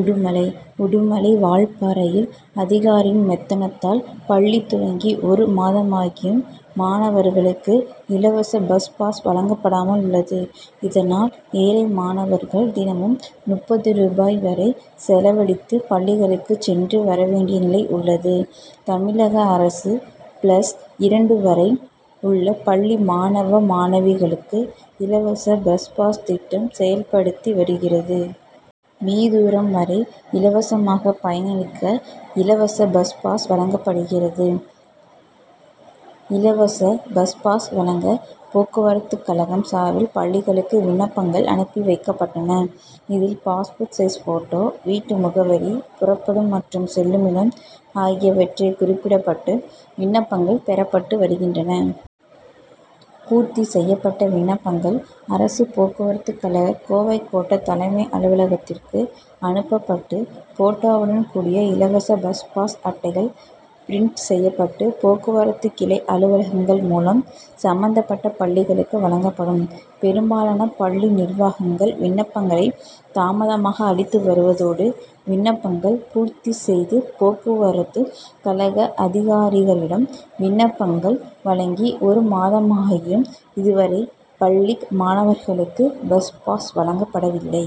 உடுமலை உடுமலை, வால்பாறையில் அதிகாரின் மெத்தனத்தால் பள்ளி துவங்கி ஒரு மாதமாகியும் மாணவர்களுக்கு இலவச பஸ் பாஸ் வழங்கப்படாமல் உள்ளது. இதனால், ஏழை மாணவர்கள் தினமும் முப்பது ரூபாய் வரை செலவழித்து பள்ளிகளுக்கு சென்று, வர வேண்டிய நிலை உள்ளது. தமிழக அரசு, பிளஸ் இரண்டு வரை உள்ள பள்ளி மாணவ, மாணவிகளுக்கு இலவச பஸ் பாஸ் திட்டம் செயல்படுத்தி வருகிறது. மீ., தூரம் வரை இலவசமாக பயணிக்க இலவச பஸ் பாஸ் வழங்கப்படுகிறது. இலவச பஸ் பாஸ் வழங்க போக்குவரத்து கழகம் சார்பில் பள்ளிகளுக்கு விண்ணப்பங்கள் அனுப்பிவைக்கப்பட்டன. இதில், பாஸ்போர்ட் சைஸ் போட்டோ, வீட்டு முகவரி, புறப்படும் மற்றும் செல்லுமிடம் ஆகியவற்றை குறிப்பிடப்பட்டு விண்ணப்பங்கள் பெறப்பட்டு வருகின்றன. பூர்த்தி செய்யப்பட்ட விண்ணப்பங்கள், அரசு போக்குவரத்து கழக கோவை கோட்ட தலைமை அலுவலகத்திற்கு அனுப்பப்பட்டு, போட்டோவுடன் கூடிய இலவச பஸ் பாஸ் அட்டைகள் பிரின்ட் செய்யப்பட்டு, போக்குவரத்து கிளை அலுவலகங்கள் மூலம் சம்பந்தப்பட்ட பள்ளிகளுக்கு வழங்கப்படும். பெரும்பாலான பள்ளி நிர்வாகங்கள் விண்ணப்பங்களை தாமதமாக அளித்து வருவதோடு, விண்ணப்பங்கள் பூர்த்தி செய்து போக்குவரத்து கழக அதிகாரிகளிடம் விண்ணப்பங்கள் வழங்கி ஒரு மாதமாகியும் இதுவரை பள்ளி மாணவர்களுக்கு பஸ் பாஸ் வழங்கப்படவில்லை.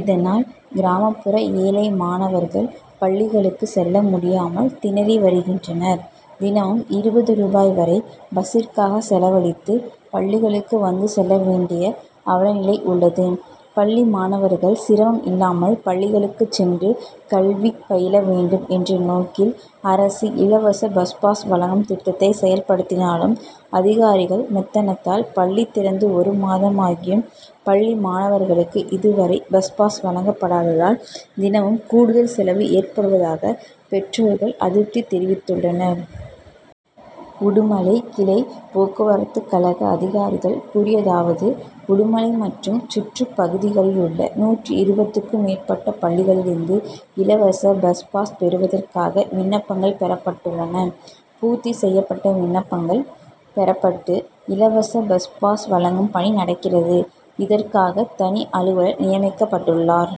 இதனால், கிராமப்புற ஏழை மாணவர்கள் பள்ளிகளுக்கு செல்ல முடியாமல் திணறி வருகின்றனர். தினமும் இருபது ரூபாய் வரை பஸ்சிற்காக செலவழித்து, பள்ளிகளுக்கு வந்து செல்ல வேண்டிய அவல நிலை உள்ளது. பள்ளி மாணவர்கள் சிரமம் இல்லாமல் பள்ளிகளுக்கு சென்று கல்வி பயில வேண்டும் என்ற நோக்கில் அரசு இலவச பஸ் பாஸ் வழங்கும் திட்டத்தை செயல்படுத்தினாலும், அதிகாரிகள் மெத்தனத்தால், பள்ளி திறந்து ஒரு மாதமாகியும் பள்ளி மாணவர்களுக்கு இதுவரை பஸ் பாஸ் வழங்கப் படாததால், தினமும் கூடுதல் செலவு ஏற்படுவதாக பெற்றோர்கள் அதிருப்தி தெரிவித்துள்ளனர். உடுமலை கிளை போக்குவரத்து கழக அதிகாரிகள் கூறியதாவது உடுமலை மற்றும் சுற்றுப்பகுதிகளிலுள்ள நூற்று இருபதுக்கும் மேற்பட்ட பள்ளிகளிலிருந்து இலவச பஸ் பாஸ் பெறுவதற்காக விண்ணப்பங்கள் பெறப்பட்டுள்ளன. பூர்த்தி செய்யப்பட்ட விண்ணப்பங்கள் பெறப்பட்டு, இலவச பஸ் பாஸ் வழங்கும் பணி நடக்கிறது. இதற்காக தனி அலுவலர் நியமிக்கப்பட்டுள்ளார்.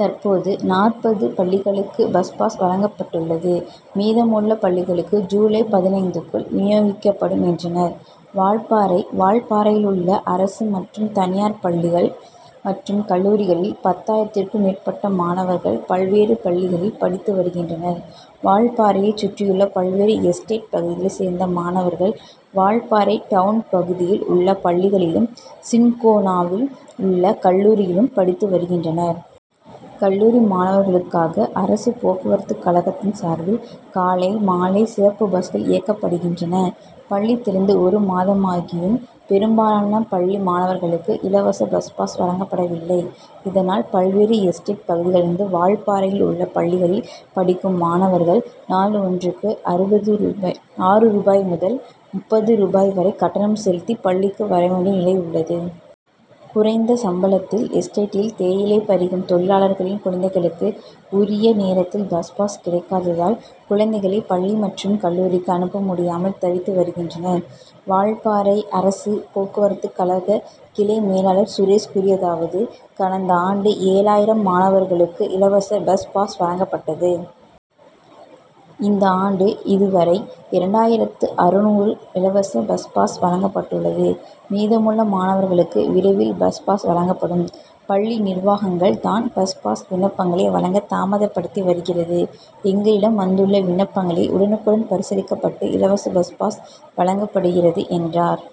தற்போது, நாற்பது பள்ளிகளுக்கு பஸ் பாஸ் வழங்கப்பட்டுள்ளது. மீதமுள்ள பள்ளிகளுக்கு ஜூலை பதினைந்துக்குள் வினியோகிக்கப்படும் என்றனர். வால்பாறை வால்பாறையிலுள்ள அரசு மற்றும் தனியார் பள்ளிகள் மற்றும் கல்லூரிகளில் பத்தாயிரத்திற்கும் மேற்பட்ட மாணவர்கள் பல்வேறு பள்ளிகளில் படித்து வருகின்றனர். வால்பாறையை சுற்றியுள்ள பல்வேறு எஸ்டேட் பகுதிகளை சேர்ந்த மாணவர்கள் வால்பாறை டவுன் பகுதியில் உள்ள பள்ளிகளிலும், சின்கோனாவில் உள்ள கல்லூரியிலும் படித்துவருகின்றனர். கல்லூரி மாணவர்களுக்காக அரசு போக்குவரத்துக்கழகத்தின் சார்பில் காலை மாலை சிறப்பு பஸ்கள் இயக்கப்படுகின்றன. பள்ளி திறந்து ஓரு மாதமாகியும் பெரும்பாலான பள்ளி மாணவர்களுக்கு இலவச பஸ்பாஸ் வழங்கப்படவில்லை. இதனால் பல்வேறு எஸ்டேட் பகுதிகளிலிருந்து வால்பாறையில் உள்ள பள்ளிகளில் படிக்கும் மாணவர்கள் நாள் ஒன்றுக்கு அறுபது ருபாய் ஆறு ரூபாய் முதல் முப்பது ரூபாய் வரை கட்டணம் செலுத்தி பள்ளிக்கு வரவேண்டிய நிலை உள்ளது. குறைந்த சம்பளத்தில் எஸ்டேட்டில் தேயிலை பறிக்கும் தொழிலாளர்களின் குழந்தைகளுக்கு உரிய நேரத்தில் பஸ் பாஸ் கிடைக்காததால், குழந்தைகளை பள்ளி மற்றும் கல்லூரிக்கு அனுப்ப முடியாமல் தவித்து வருகின்றனர். வால்பாறை அரசு போக்குவரத்துக்கழக கிளை மேலாளர் சுரேஷ் கூறியதாவது கடந்த ஆண்டு ஏழாயிரம் மாணவர்களுக்கு இலவச பஸ் பாஸ் வழங்கப்பட்டது. இந்த ஆண்டு இது வரை இரண்டாயிரத்து அறுநூறு இலவச பஸ் பாஸ் வழங்கப்பட்டுள்ளது. மீதமுள்ள மாணவர்களுக்கு விரைவில் பஸ் பாஸ் வழங்கப்படும். பள்ளி நிர்வாகங்கள் தான் பஸ் பாஸ் விண்ணப்பங்களை வழங்க தாமதப்படுத்தி வருகிறது. எங்களிடம் வந்துள்ள விண்ணப்பங்களை உடனுக்குடன் பரிசீலிக்கப்பட்டு இலவச பஸ் பாஸ் வழங்கப்படுகிறது என்றார்.